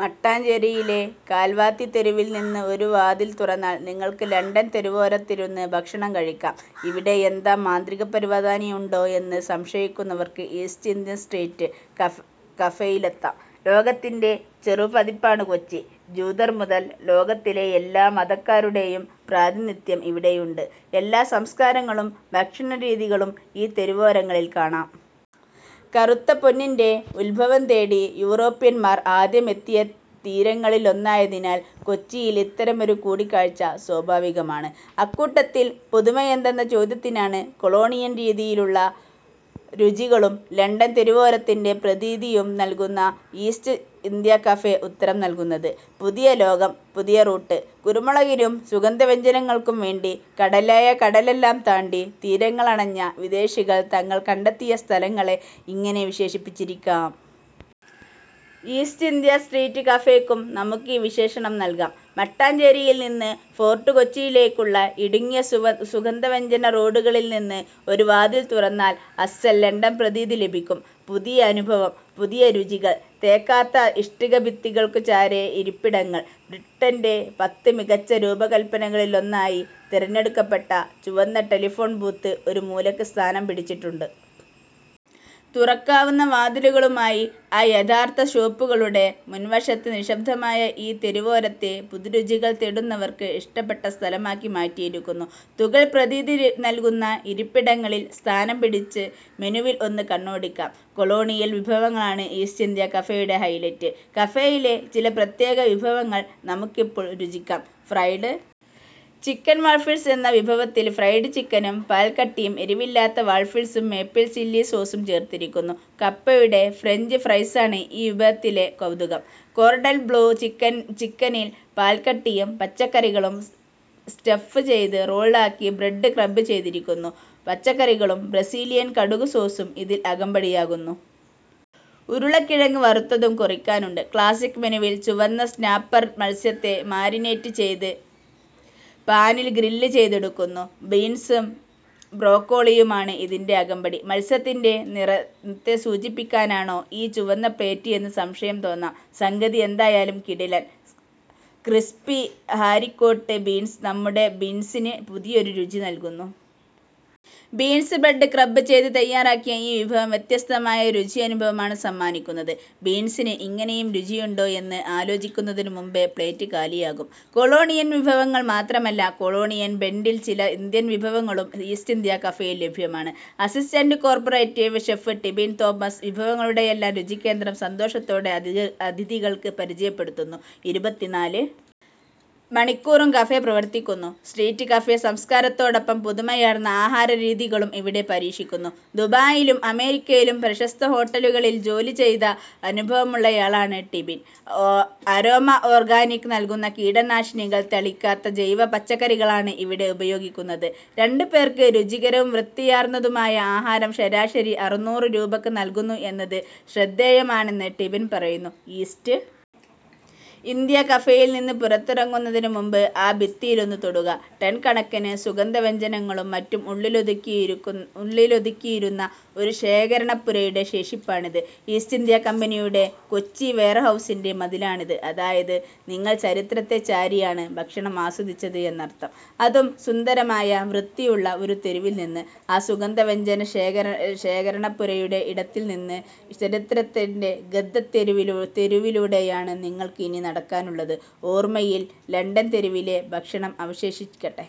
മട്ടാഞ്ചേരിയിലെ കൽവാത്തി തെരുവിൽനിന്ന് ഒരു വാതിൽ തുറന്നാൽ നിങ്ങൾക്ക് ലണ്ടൻ തെരുവോരത്തിരുന്ന് ഭക്ഷണം കഴിക്കാം. ഇവിടെ എന്താ മാന്ത്രികപ്പരവതാനിയുണ്ടോ എന്ന് സംശയിക്കുന്നവർക്ക് ഈസ്റ്റ് ഇന്ത്യ സ്ട്രീറ്റ് കഫേയിലെത്താം. ലോകത്തിന്റെ ചെറുപതിപ്പാണ് കൊച്ചി. ജൂതർ മുതൽ ലോകത്തിലെ എല്ലാ മതക്കാരുടെയും പ്രാതിനിധ്യം ഇവിടെയുണ്ട്. എല്ലാ സംസ്കാരങ്ങളും ഭക്ഷണശീലങ്ങളും ഈ തെരുവോരങ്ങളിൽ കാണാം. കറുത്ത പൊന്നിന്റെ ഉദ്ഭവം തേടി യൂറോപ്യൻമാർ ആദ്യമെത്തിയ തീരങ്ങളിലൊന്നായതിനാൽ കൊച്ചിയിൽ ഇത്തരമൊരു കാഴ്ച സ്വാഭാവികമാണ്. അക്കൂട്ടത്തിൽ പുതുമയെന്തെന്ന ചോദ്യത്തിനാണ് കൊളോണിയൽ രീതിയിലുള്ള രുചികളും ലണ്ടൻ തെരുവോരത്തിന്റെ പ്രതീതിയും നൽകുന്ന ഈസ്റ്റ് ഇന്ത്യാ കഫേ ഉത്തരം നൽകുന്നത്. പുതിയ ലോകം. പുതിയ റൂട്ട്. കുരുമുളകിനും സുഗന്ധവ്യഞ്ജനങ്ങൾക്കും വേണ്ടി കടലായ കടലെല്ലാം താണ്ടി തീരങ്ങളണഞ്ഞ വിദേശികൾ തങ്ങൾ കണ്ടെത്തിയ സ്ഥലങ്ങളെ ഇങ്ങനെ വിശേഷിപ്പിച്ചിരിക്കാം. ഈസ്റ്റ് ഇന്ത്യ സ്ട്രീറ്റ് കഫേയ്ക്കും നമുക്കീ വിശേഷണം നൽകാം. മട്ടാഞ്ചേരിയിൽനിന്ന് ഫോർട്ട് കൊച്ചിയിലേക്കുള്ള ഇടുങ്ങിയ സുഗന്ധവ്യഞ്ജന റോഡുകളിൽനിന്ന് ഒരു വാതിൽ തുറന്നാൽ അസ്സൽ ലണ്ടൻ പ്രതീതി ലഭിക്കും. പുതിയ അനുഭവം. പുതിയ രുചികൾ. തേക്കാത്ത ഇഷ്ടികഭിത്തികൾക്കു ചാരെ ഇരിപ്പിടങ്ങൾ. ബ്രിട്ടന്റെ പത്ത് മികച്ച രൂപകൽപ്പനകളിലൊന്നായി തിരഞ്ഞെടുക്കപ്പെട്ട ചുവന്ന ടെലിഫോൺ ബൂത്ത് ഒരു മൂലയ്ക്ക് സ്ഥാനം പിടിച്ചിട്ടുണ്ട്. തുറക്കാവുന്ന വാതിലുകളുമായി അയഥാർഥ ഷോപ്പുകളുടെ മുൻവശങ്ങൾ നിശ്ശബ്ദമായ ഈ തെരുവോരത്തെ പുതുരുചികൾ തേടുന്നവർക്ക് ഇഷ്ടപ്പെട്ട സ്ഥലമാക്കി മാറ്റിയിരിക്കുന്നു. തുകൽ പ്രതീതി നൽകുന്ന ഇരിപ്പിടങ്ങളിൽ സ്ഥാനം പിടിച്ച് മെനുവിൽ ഒന്ന് കണ്ണോടിക്കാം. കൊളോണിയൽ വിഭവങ്ങളാണ് ഈസ്റ്റ് ഇന്ത്യാ കഫേയുടെ ഹൈലൈറ്റ്. കഫേയിലെ ചില പ്രത്യേക വിഭവങ്ങൾ നമുക്കിപ്പോൾ രുചിക്കാം. ഫ്രൈഡ് ചിക്കൻ വാഫിൾസ് എന്ന വിഭവത്തിൽ ഫ്രൈഡ് ചിക്കനും പാൽക്കട്ടിയും എരിവില്ലാത്ത വാഫിൾസും മേപ്പിൾ ചില്ലി സോസും ചേർത്തിരിക്കുന്നു. കപ്പയുടെ ഫ്രഞ്ച് ഫ്രൈസാണ് ഈ വിഭവത്തിലെ കൗതുകം. കോർഡൺ ബ്ല്യൂ ചിക്കനിൽ പാൽക്കട്ടിയും പച്ചക്കറികളും സ്റ്റഫ് ചെയ്ത് റോൾ ആക്കി ബ്രെഡ് ക്രംപ് ചെയ്തിരിക്കുന്നു. പച്ചക്കറികളും ബ്രസീലിയൻ കടുക് സോസും ഇതിന് അകമ്പടിയാകുന്നു. ഉരുളക്കിഴങ്ങ് വറുത്തതും കൊറിക്കാനുണ്ട്. ക്ലാസിക് മെനുവിൽ ചുവന്ന സ്നാപ്പർ മത്സ്യത്തെ മാരിനേറ്റ് ചെയ്ത് പാനിൽ ഗ്രിൽ ചെയ്തെടുക്കുന്നു. ബീൻസും ബ്രൊക്കോളിയുമാണ് ഇതിന്റെ അകമ്പടി. മത്സ്യത്തിന്റെ നിറത്തെ സൂചിപ്പിക്കാനാണോ ആ ചുവന്ന പ്ലേറ്റ് എന്ന് സംശയം തോന്നാം. സംഗതി എന്തായാലും കിടിലൻ. ക്രിസ്പി ഹാരിക്കോട്ട് ബീൻസ് നമ്മുടെ ബീൻസിന് പുതിയൊരു രുചി നൽകുന്നു. ബീൻസ് ബ്രെഡ് ക്രംപ് ചെയ്ത് തയ്യാറാക്കിയ ഈ വിഭവം വ്യത്യസ്തമായ രുചിയനുഭവമാണ് സമ്മാനിക്കുന്നത്. ബീൻസിന് ഇങ്ങനെയും രുചിയുണ്ടോ എന്ന് ആലോചിക്കുന്നതിന് മുമ്പേ പ്ലേറ്റ് കാലിയാകും. കൊളോണിയൽ വിഭവങ്ങൾ മാത്രമല്ല. കൊളോണിയൽ ബ്ലെൻഡിൽ ചില ഇന്ത്യൻ വിഭവങ്ങളും ഈസ്റ്റ് ഇന്ത്യാ കഫേയിൽ ലഭ്യമാണ്. Assistant corporate chef Tibin Thomas വിഭവങ്ങളുടെയെല്ലാം രുചികേന്ദ്രം സന്തോഷത്തോടെ അതിഥികൾക്ക് പരിചയപ്പെടുത്തുന്നു. ഇരുപത്തിനാല് മണിക്കൂറും കഫേ പ്രവർത്തിക്കുന്നു. സ്ട്രീറ്റ് കഫേ സംസ്കാരത്തോടൊപ്പം പുതുമയാർന്ന ആഹാരരീതികളും ഇവിടെ പരീക്ഷിക്കുന്നു. ദുബായിലും അമേരിക്കയിലും പ്രശസ്ത ഹോട്ടലുകളിൽ ജോലി ചെയ്ത അനുഭവമുള്ളയാളാണ് ടിബിൻ. അരോമ ഓർഗാനിക് നൽകുന്ന കീടനാശിനികൾ തളിക്കാത്ത ജൈവ പച്ചക്കറികളാണ് ഇവിടെ ഉപയോഗിക്കുന്നത്. രണ്ടുപേർക്ക് രുചികരവും വൃത്തിയാർന്നതുമായ ആഹാരം ശരാശരി അറുനൂറ് രൂപയ്ക്ക് നൽകുന്നു എന്നത് ശ്രദ്ധേയമാണെന്ന് ടിബിൻ പറയുന്നു. ഈസ്റ്റ് ഇന്ത്യാ കഫേയിൽനിന്ന് പുറത്തിറങ്ങുന്നതിന് മുമ്പ് ആ ഭിത്തിയിലൊന്ന് തൊടുക. ടൺ കണക്കിന് സുഗന്ധവ്യഞ്ജനങ്ങളും മറ്റും ഉള്ളിലൊതുക്കിയിരുന്ന ഒരു ശേഖരണപ്പുരയുടെ ശേഷിപ്പാണിത്. ഈസ്റ്റ് ഇന്ത്യാ കമ്പനിയുടെ കൊച്ചി വെയർഹൗസിന്റെ മതിലാണിത്. അതായത് നിങ്ങൾ ചരിത്രത്തെ ചാരിയാണ് ഭക്ഷണം ആസ്വദിച്ചത് എന്നർഥം. അതും സുന്ദരമായ വൃത്തിയുള്ള ഒരു തെരുവിൽനിന്ന്. ആ സുഗന്ധവ്യഞ്ജന ശേഖരണപ്പുരയുടെ ഇടത്തിൽനിന്ന് ചരിത്രത്തിന്റെ ഗന്ധത്തേരുവിലൂടെയാണ് നിങ്ങൾക്ക് ഇനി നടക്കാനുള്ളത്. ഓർമയിൽ ലണ്ടൻ തെരുവിലെ ഭക്ഷണം അവശേഷിക്കട്ടെ.